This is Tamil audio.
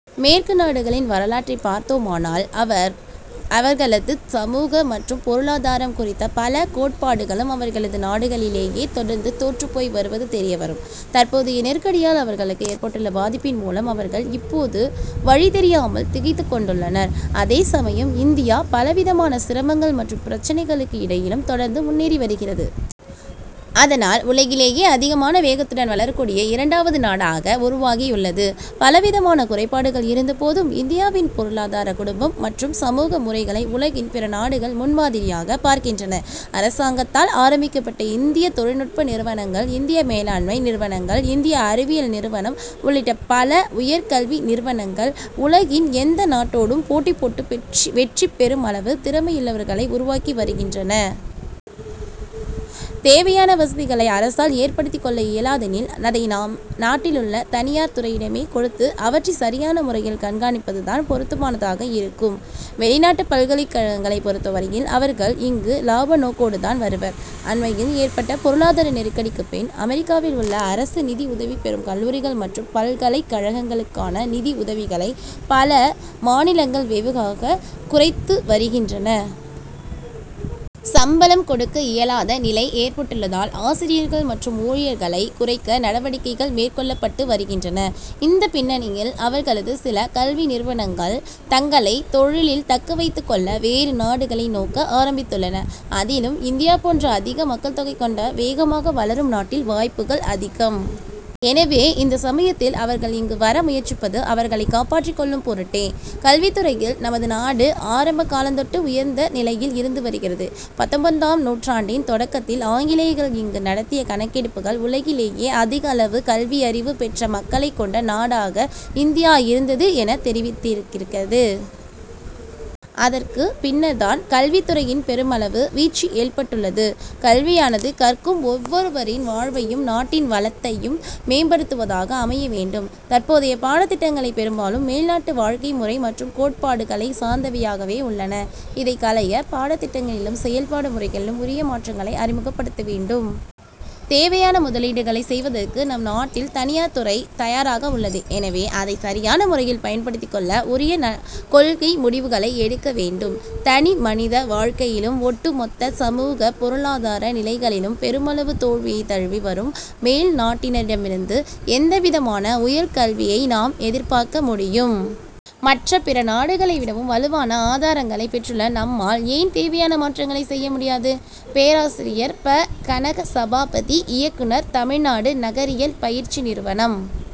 மேற்கு நாடுகளின் வரலாற்றை பார்த்தோமானால் அவர் அவர் களது சமூக மற்றும் பொருளாதாரம் குறித்த பல கோட்பாடுகளும் அவர்களது நாடுகளிலேயே தொடர்ந்து தோற்றுப்போய் வருவது தெரியவரும். தற்போதைய நெருக்கடியால் அவர்களுக்கு ஏற்பட்டுள்ள பாதிப்பின் மூலம் அவர்கள் இப்போது வழி தெரியாமல் திகைத்துக் கொண்டுள்ளனர். அதே சமயம் இந்தியா பலவிதமான சிரமங்கள் மற்றும் பிரச்னைகளுக்கு இடையிலும் தொடர்ந்து முன்னேறி வருகிறது. அதனால் உலகிலேயே அதிகமான வேகத்துடன் வளரக்கூடிய இரண்டாவது நாடாக உருவாகியுள்ளது. பலவிதமான குறைபாடுகள் இருந்தபோதும் இந்தியாவின் பொருளாதார குடும்பம் மற்றும் சமூக முறைகளை உலகின் பிற நாடுகள் முன்மாதிரியாக பார்க்கின்றன. அரசாங்கத்தால் ஆரம்பிக்கப்பட்ட இந்திய தொழில்நுட்ப நிறுவனங்கள் இந்திய மேலாண்மை நிறுவனங்கள் இந்திய அறிவியல் நிறுவனம் உள்ளிட்ட பல உயர் கல்வி நிறுவனங்கள் உலகின் எந்த நாட்டோடும் போட்டிபோட்டு வெற்றி பெருமளவு திறமையுள்ளவர்களை உருவாக்கி வருகின்றன. தேவையான வசதிகளை அரசால் ஏற்படுத்திக் கொள்ள இயலாதெனில் அதை நம் நாட்டிலுள்ள தனியார் துறையிடமே கொடுத்து அவற்றை சரியான முறையில் கண்காணிப்பதுதான் பொருத்தமானதாக இருக்கும். வெளிநாட்டுப் பல்கலைக்கழகங்களை பொருத்தவரையில், அவர்கள் இங்கு லாப நோக்கோடுதான் வருவர். அண்மையில் ஏற்பட்ட பொருளாதார நெருக்கடிக்குப் பின் அமெரிக்காவில் உள்ள அரசு நிதிஉதவி பெறும் கல்லூரிகள் மற்றும் பல்கலைக் கழகங்களுக்கான நிதி உதவிகளை பல மாநிலங்கள் வெகுவாகக் குறைத்து வருகின்றன. சம்பளம் கொடுக்க இயலாத நிலை ஏற்பட்டுள்ளதால் ஆசிரியர்கள் மற்றும் ஊழியர்களைக் குறைக்க நடவடிக்கைகள் மேற்கொள்ளப்பட்டு வருகின்றன. இந்தப் பின்னணியில் அவர்களது சில கல்வி நிறுவனங்கள் தங்களைத் தொழிலில் தக்கவைத்துக் கொள்ள வேறு நாடுகளை நோக்க ஆரம்பித்துள்ளன. அதிலும் இந்தியா போன்ற அதிக மக்கள் தொகை கொண்ட வேகமாக வளரும் நாட்டில் வாய்ப்புகள் அதிகம். எனவே, இந்த சமயத்தில் அவர்கள் இங்கு வர முயற்சிப்பது அவர்களைக் காப்பாற்றிக் கொள்ளும் பொருட்டே. கல்வித் துறையில் நமது நாடு ஆரம்ப காலத்தொட்டு உயர்ந்த நிலையில் இருந்து வருகிறது. பத்தொன்பதாம் நூற்றாண்டின் தொடக்கத்தில் ஆங்கிலேயர்கள் இங்கு நடத்திய கணக்கெடுப்புகள் உலகிலேயே அதிக அளவு கல்வியறிவு பெற்ற மக்களைக் கொண்ட நாடாக இந்தியா இருந்தது எனத் தெரிவிக்கிறது. அதற்குப் பின்னர்தான் கல்வித்துறையின் பெருமளவு வீழ்ச்சி ஏற்பட்டுள்ளது. கல்வியானது கற்கும் ஒவ்வொருவரின் வாழ்வையும் நாட்டின் வளத்தையும் மேம்படுத்துவதாக அமைய வேண்டும். தற்போதைய பாடத்திட்டங்களை பெரும்பாலும் மேல்நாட்டு வாழ்க்கை முறை மற்றும் கோட்பாடுகளை சார்ந்தவையாகவே உள்ளன. இதைக் களைய பாடத்திட்டங்களிலும் செயல்பாடு முறைகளிலும் உரிய மாற்றங்களை அறிமுகப்படுத்த வேண்டும். தேவையான முதலீடுகளை செய்வதற்கு நம் நாட்டில் தனியார் துறை தயாராக உள்ளது. எனவே, அதை சரியான முறையில் பயன்படுத்திக் கொள்ள உரிய கொள்கை முடிவுகளை எடுக்க வேண்டும். தனிமனித வாழ்க்கையிலும் ஒட்டுமொத்த சமூக பொருளாதார நிலைகளிலும் பெருமளவு தோல்வியை தழுவி வரும் மேல் நாட்டினரிடமிருந்து எந்த விதமான உயர்கல்வியை நாம் எதிர்பார்க்க முடியும்? மற்ற பிற நாடுகளை விடவும் வலுவான ஆதாரங்களைப் பெற்றுள்ள நம்மால் ஏன் தேவையான மாற்றங்களை செய்ய முடியாது? பேராசிரியர் ப. கனகசபாபதி இயக்குனர் தமிழ்நாடு நகரியல் பயிற்சி நிறுவனம்.